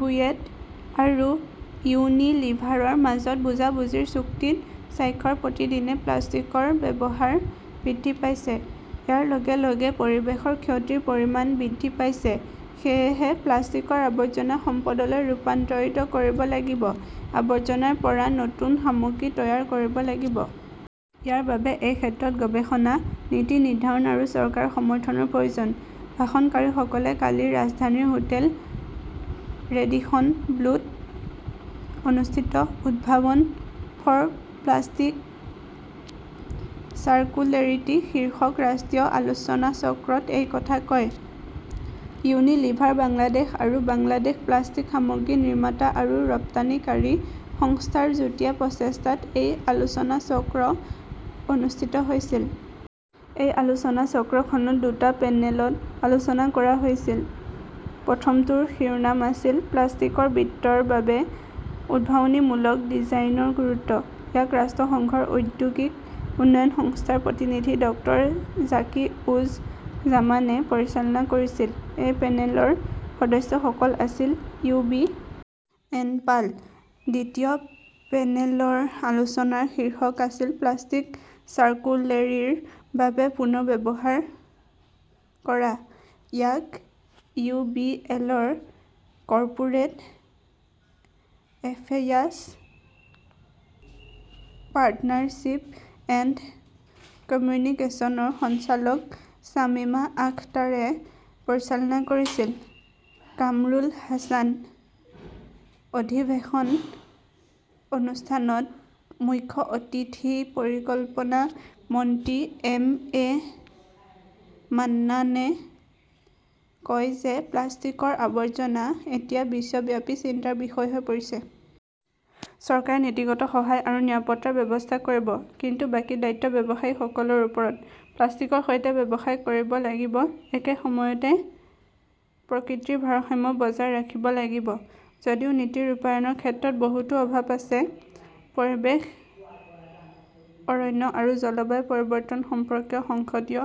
বুয়েট আৰু ইউনিলিভাৰৰ মাজত বুজাবুজিৰ চুক্তিত স্বাক্ষৰ প্ৰতিদিনে প্লাষ্টিকৰ ব্যৱহাৰ বৃদ্ধি পাইছে। ইয়াৰ লগে লগে পৰিৱেশৰ ক্ষতিৰ পৰিমাণ বৃদ্ধি পাইছে। সেয়েহে প্লাষ্টিকৰ আৱৰ্জনা সম্পদলৈ ৰূপান্তৰিত কৰিব লাগিব। আৱৰ্জনাৰ পৰা নতুন সামগ্ৰী তৈয়াৰ কৰিব লাগিব। ইয়াৰ বাবে এই ক্ষেত্ৰত গৱেষণা, নীতি নিৰ্ধাৰণ আৰু চৰকাৰৰ সমৰ্থনৰ প্ৰয়োজন। ভাষণকাৰীসকলে কালি ৰাজধানীৰ হোটেল ৰেডিসন ব্লুত অনুষ্ঠিত 'উদ্ভাৱন ফৰ প্লাষ্টিক চাৰ্কুলেৰিটি শীৰ্ষক ৰাষ্ট্ৰীয় আলোচনাচক্ৰত এই কথা কয়। ইউনিলিভাৰ বাংলাদেশ আৰু বাংলাদেশ প্লাষ্টিক সামগ্ৰী নিৰ্মাতা আৰু ৰপ্তানিকাৰী সংস্থা ৰ যুটীয়া প্ৰচেষ্টাত এই আলোচনাচক্ৰ অনুষ্ঠিত হৈছিল। এই আলোচনাচক্ৰখনত দুটা পেনেলত আলোচনা কৰা হৈছিল। প্ৰথমটোৰ শিৰোনাম আছিল-প্লাষ্টিকৰ বৃত্তৰ বাবে উদ্ভাৱনীমূলক ডিজাইনৰ গুৰুত্ব। ইয়াক ৰাষ্ট্ৰসংঘৰ ঔদ্যোগিক উন্নয়ন সংস্থাৰ প্ৰতিনিধি ডক্টৰ জাকি উজ জামানে পৰিচালনা কৰিছিল। এই পেনেলৰ সদস্যসকল আছিল ইউ. বি. এন. পাল। দ্বিতীয় পেনেলৰ আলোচনাৰ শীৰ্ষক আছিল-প্লাষ্টিক চাৰ্কুলেৰীৰ বাবে পুনৰ্ব্যৱহাৰ কৰা। ইয়াক ইউ. বি. এল. ৰ কৰ্পোৰেট এফেয়াৰ্ছ, পাৰ্টনাৰশ্বিপ এণ্ড কমিউনিকেচনছৰ সঞ্চালক শ্বামিমা আখতাৰে পৰিচালনা কৰিছিল। কামৰুল হাছান। অধিৱেশন অনুষ্ঠানত মুখ্য অতিথি পৰিকল্পনা মন্ত্ৰী এম এ মান্নানে কয় যে প্লাষ্টিকৰ আৱৰ্জনা এতিয়া বিশ্বব্যাপী চিন্তাৰ বিষয় হৈ পৰিছে। চৰকাৰে নীতিগত সহায় আৰু নিৰাপত্তাৰ ব্যৱস্থা কৰিব। কিন্তু বাকী দায়িত্ব ব্যৱসায়ীসকলৰ ওপৰত। প্লাষ্টিকৰ সৈতে ব্যৱসায় কৰিব লাগিব, একে সময়তে প্ৰকৃতিৰ ভাৰসাম্য বজাই ৰাখিব লাগিব। যদিও নীতি ৰূপায়ণৰ ক্ষেত্ৰত বহুতো অভাৱ আছে। পৰিৱেশ, অৰণ্য আৰু জলবায়ু পৰিৱৰ্তন সম্পৰ্কীয় সংসদীয়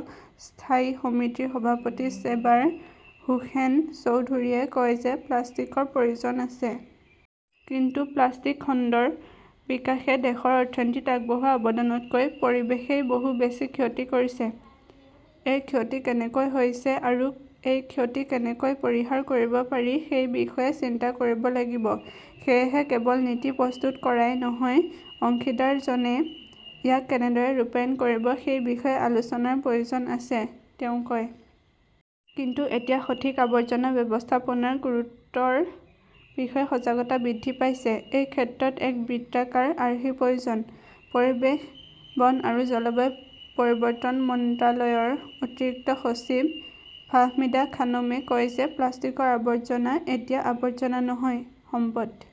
স্থায়ী সমিতিৰ সভাপতি চেবাৰ হোসেন চৌধুৰীয়ে কয় যে প্লাষ্টিকৰ প্ৰয়োজন আছে। কিন্তু প্লাষ্টিক খণ্ডৰ বিকাশে দেশৰ অৰ্থনীতিত আগবঢ়োৱা অৱদানতকৈ পৰিৱেশই বহু বেছি ক্ষতি কৰিছে। এই ক্ষতি কেনেকৈ হৈছে আৰু এই ক্ষতি কেনেকৈ পৰিহাৰ কৰিব পাৰি সেই বিষয়ে চিন্তা কৰিব লাগিব। সেয়েহে কেৱল নীতি প্ৰস্তুত কৰাই নহয়; অংশীদাৰজনে ইয়াক কেনেদৰে ৰূপায়ণ কৰিব সেই বিষয়ে আলোচনাৰ প্ৰয়োজন আছে, তেওঁ কয়। কিন্তু এতিয়া সঠিক আৱৰ্জনা ব্যৱস্থাপনাৰ গুৰুত্বৰ বিষয়ে সজাগতা বৃদ্ধি পাইছে। এই ক্ষেত্ৰত এক বৃত্তাকাৰ আৰ্হিৰ প্ৰয়োজন। পৰিৱেশ, বন আৰু জলবায়ু পৰিৱৰ্তন মন্ত্ৰালয়ৰ অতিৰিক্ত সচিব ফাহমিদা খানমে কয় যে প্লাষ্টিকৰ আৱৰ্জনা এতিয়া আৱৰ্জনা নহয়, সম্পদ।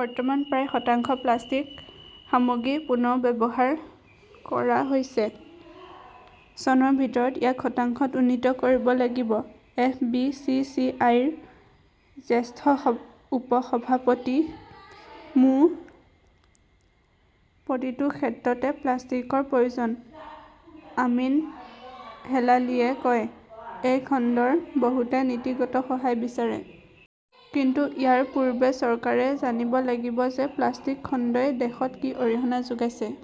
বৰ্তমান প্ৰায় শতাংশ প্লাষ্টিক সামগ্ৰী পুনৰ্ব্যৱহাৰ কৰা হৈছে। চনৰ ভিতৰত ইয়াক শতাংশত উন্নীত কৰিব লাগিব। F. B. C. C. I. ৰ জ্যেষ্ঠ উপ-সভাপতি মো. প্ৰতিটো ক্ষেত্ৰতে প্লাষ্টিকৰ প্ৰয়োজন, আমিন হেলালিয়ে কয়। এই খণ্ডৰ বহুতে নীতিগত সহায় বিচাৰে। কিন্তু ইয়াৰ পূৰ্বে চৰকাৰে জানিব লাগিব যে প্লাষ্টিক খণ্ডই দেশত কি অৰিহণা যোগাইছে,